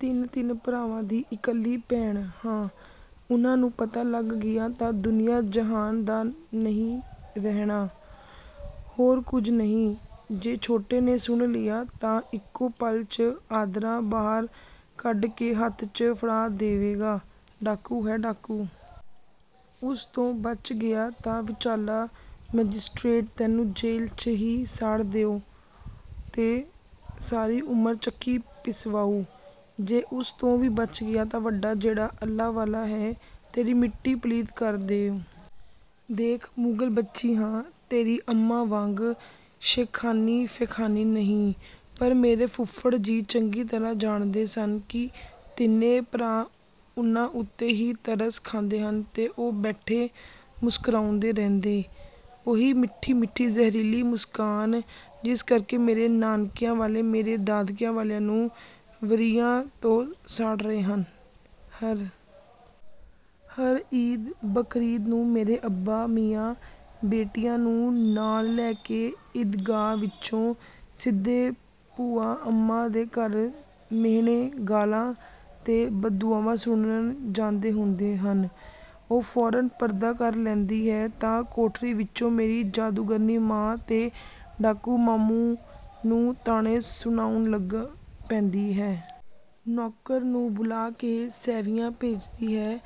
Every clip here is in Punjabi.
ਤਿੰਨ-ਤਿੰਨ ਭਰਾਵਾਂ ਦੀ ਇਕੱਲੀ ਭੈਣ ਹਾਂ। ਉਨ੍ਹਾਂ ਨੂੰ ਪਤਾ ਲੱਗ ਗਿਆ ਤਾਂ ਦੁਨੀਆਂ ਜਹਾਨ ਦਾ ਨਹੀਂ ਰਹਿਣਾ। ਹੋਰ ਕੁਝ ਨਹੀਂ। ਜੇ ਛੋਟੇ ਨੇ ਸੁਣ ਲਿਆ ਤਾਂ ਇੱਕੋ ਪਲ 'ਚ ਆਂਦਰਾਂ ਬਾਹਰ ਕੱਢ ਕੇ ਹੱਥ 'ਚ ਫੜਾ ਦੇਵੇਗਾ - ਡਾਕੂ ਹੈ ਡਾਕੂ। ਉਸ ਤੋਂ ਬਚ ਗਿਆ ਤਾਂ ਵਿਚਾਲਾ ਮੈਜਿਸਟਰੇਟ ਤੈਨੂੰ ਜੇਲ 'ਚ ਹੀ ਸਾੜ ਦੇਊ ਤੇ ਸਾਰੀ ਉਮਰ ਚੱਕੀ ਪਿਸਵਾਊ। ਜੇ ਉਸ ਤੋਂ ਵੀ ਬਚ ਗਿਆ ਤਾਂ ਵੱਡਾ ਜਿਹੜਾ ਅੱਲ੍ਹਾ ਵਾਲਾ ਹੈ, ਤੇਰੀ ਮਿੱਟੀ ਪਲੀਤ ਕਰ ਦੇਊ। ਦੇਖ ਮੁਗ਼ਲ ਬੱਚੀ ਹਾਂ ਤੇਰੀ ਅੰਮਾਂ ਵਾਂਗ ਸ਼ੇਖਾਨੀ-ਫੇਖਾਨੀ ਨਹੀਂ।"ਪਰ ਮੇਰੇ ਫੁੱਫੜ ਜੀ ਚੰਗੀ ਤਰ੍ਹਾਂ ਜਾਣਦੇ ਸਨ ਕਿ ਤਿੰਨੇ ਭਰਾ ਉਨ੍ਹਾਂ ਉੱਤੇ ਹੀ ਤਰਸ ਖਾਂਦੇ ਹਨ ਤੇ ਉਹ ਬੈਠੇ ਮੁਸਕਰਾਉਂਦੇ ਰਹਿੰਦੇ। ਉਹੀ ਮਿੱਠੀ-ਮਿੱਠੀ ਜ਼ਹਿਰੀਲੀ ਮੁਸਕਾਨ ਜਿਸ ਕਰਕੇ ਮੇਰੇ ਨਾਨਕਿਆਂ ਵਾਲੇ ਮੇਰੇ ਦਾਦਕਿਆਂ ਵਾਲਿਆਂ ਨੂੰ ਵਰ੍ਹਿਆਂ ਤੋਂ ਸਾੜ ਰਹੇ ਹਨ। ਹਰ ਈਦ ਬਕਰੀਦ ਨੂੰ ਮੇਰੇ ਅੱਬਾ ਮੀਆਂ ਬੇਟਿਆਂ ਨੂੰ ਨਾਲ ਲੈ ਕੇ ਈਦਗਾਹ ਵਿੱਚੋਂ ਸਿੱਧੇ ਭੂਆ ਅੰਮਾਂ ਦੇ ਘਰ ਮਿਹਣੇ, ਗਾਲ੍ਹਾਂ ਤੇ ਬਦਦੁਆਵਾਂ ਸੁਣਨ ਜਾਂਦੇ ਹੁੰਦੇ ਹਨ। ਉਹ ਫੌਰਨ ਪਰਦਾ ਕਰ ਲੈਂਦੀ ਹੈ ਤਾਂ ਕੋਠੜੀ ਵਿੱਚੋਂ ਮੇਰੀ ਜਾਦੂਗਰਨੀ ਮਾਂ ਤੇ ਡਾਕੂ ਮਾਮੂ ਨੂੰ ਤਾਣੇ ਸੁਣਾਉਣ ਲੱਗ ਪੈਂਦੀ ਹੈ। ਨੌਕਰ ਨੂੰ ਬੁਲਾ ਕੇ ਸੈਵੀਆਂ ਭੇਜਦੀ ਹੈ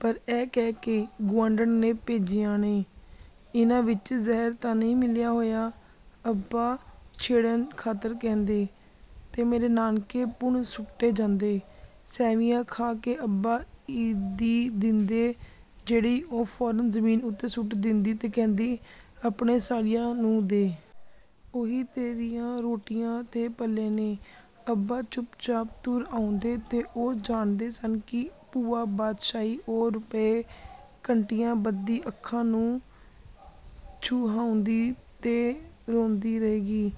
ਪਰ ਇਹ ਕਹਿ ਕੇ ''ਗੁਆਂਢਣ ਨੇ ਭੇਜੀਆਂ ਨੇ।"''ਇਨ੍ਹਾਂ ਵਿੱਚ ਜ਼ਹਿਰ ਤਾਂ ਨਹੀਂ ਮਿਲਿਆ ਹੋਇਆ'' ਅੱਬਾ ਛੇੜਨ ਖ਼ਾਤਰ ਕਹਿੰਦੇ। ਤੇ ਮੇਰੇ ਨਾਨਕੇ ਪੁਣ ਸੁੱਟੇ ਜਾਂਦੇ। ਸੈਵੀਆਂ ਖਾ ਕੇ ਅੱਬਾ ਈਦੀ ਦਿੰਦੇ, ਜਿਹੜੀ ਉਹ ਫੌਰਨ ਜ਼ਮੀਨ ਉੱਤੇ ਸੁੱਟ ਦਿੰਦੀ ਤੇ ਕਹਿੰਦੀ, ''ਆਪਣੇ ਸਾਲਿਆਂ ਨੂੰ ਦੇ। ਉਹੀ ਤੇਰੀਆਂ ਰੋਟੀਆਂ 'ਤੇ ਪਲੇ ਨੇ।'' ਅੱਬਾ ਚੁੱਪਚਾਪ ਤੁਰ ਆਉਂਦੇ ਤੇ ਉਹ ਜਾਣਦੇ ਸਨ ਕਿ ਭੂਆ ਬਾਦਸ਼ਾਹੀ ਉਹ ਰੁਪਏ ਘੰਟਿਆਂ ਬੱਧੀ ਅੱਖਾਂ ਨੂੰ ਛੁਹਾਉਂਦੀ ਤੇ ਰੋਂਦੀ ਰਹੇਗੀ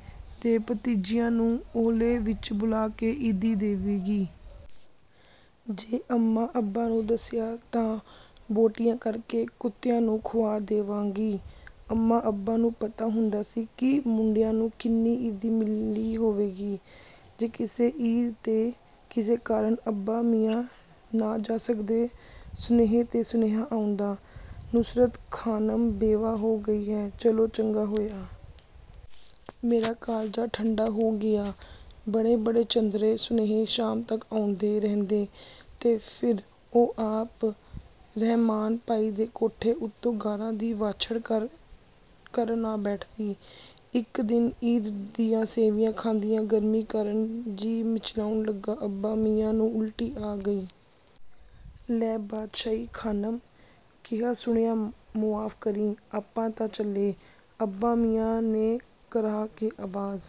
ਤੇ ਭਤੀਜਿਆਂ ਨੂੰ ਓਹਲੇ ਵਿੱਚ ਬੁਲਾ ਕੇ ਈਦੀ ਦੇਵੇਗੀ। ''ਜੇ ਅੰਮਾਂ-ਅੱਬਾ ਨੂੰ ਦੱਸਿਆ ਤਾਂ ਬੋਟੀਆਂ ਕਰ ਕੇ ਕੁੱਤਿਆਂ ਨੂੰ ਖੁਆ ਦੇਵਾਂਗੀ।" ਅੰਮਾਂ-ਅੱਬਾ ਨੂੰ ਪਤਾ ਹੁੰਦਾ ਸੀ ਕਿ ਮੁੰਡਿਆਂ ਨੂੰ ਕਿੰਨੀ ਈਦੀ ਮਿਲੀ ਹੋਵੇਗੀ। ਜੇ ਕਿਸੇ ਈਦ 'ਤੇ ਕਿਸੇ ਕਾਰਨ ਅੱਬਾ ਮੀਆਂ ਨਾ ਜਾ ਸਕਦੇ, ਸੁਨੇਹੇ 'ਤੇ ਸੁਨੇਹਾ ਆਉਂਦਾ, ''ਨੁਸਰਤ ਖ਼ਾਨਮ ਬੇਵਾ ਹੋ ਗਈ ਹੈ, ਚਲੋ ਚੰਗਾ ਹੋਇਆ। ਮੇਰਾ ਕਾਲਜਾ ਠੰਢਾ ਹੋ ਗਿਆ।" ਬੜੇ-ਬੜੇ ਚੰਦਰੇ ਸੁਨੇਹੇ ਸ਼ਾਮ ਤੱਕ ਆਉਂਦੇ ਰਹਿੰਦੇ ਤੇ ਫਿਰ ਉਹ ਆਪ ਰਹਿਮਾਨ ਭਾਈ ਦੇ ਕੋਠੇ ਉੱਤੋਂ ਗਾਲ੍ਹਾਂ ਦੀ ਵਾਛੜ ਕਰਨ ਆ ਬੈਠਦੀ। ਇੱਕ ਦਿਨ ਈਦ ਦੀਆਂ ਸੈਵੀਆਂ ਖਾਂਦਿਆਂ ਗਰਮੀ ਕਾਰਨ ਜੀਅ ਮਿਚਲਾਉਣ ਲੱਗਾ, ਅੱਬਾ ਮੀਆਂ ਨੂੰ ਉਲਟੀ ਆ ਗਈ। ''ਲੈ ਬਾਦਸ਼ਾਹੀ ਖ਼ਾਨਮ, ਕਿਹਾ ਸੁਣਿਆ ਮੁਆਫ਼ ਕਰੀਂ - ਆਪਾਂ ਤਾਂ ਚੱਲੇ।" ਅੱਬਾ ਮੀਆਂ ਨੇ ਕਰਾਹ ਕੇ ਆਵਾਜ਼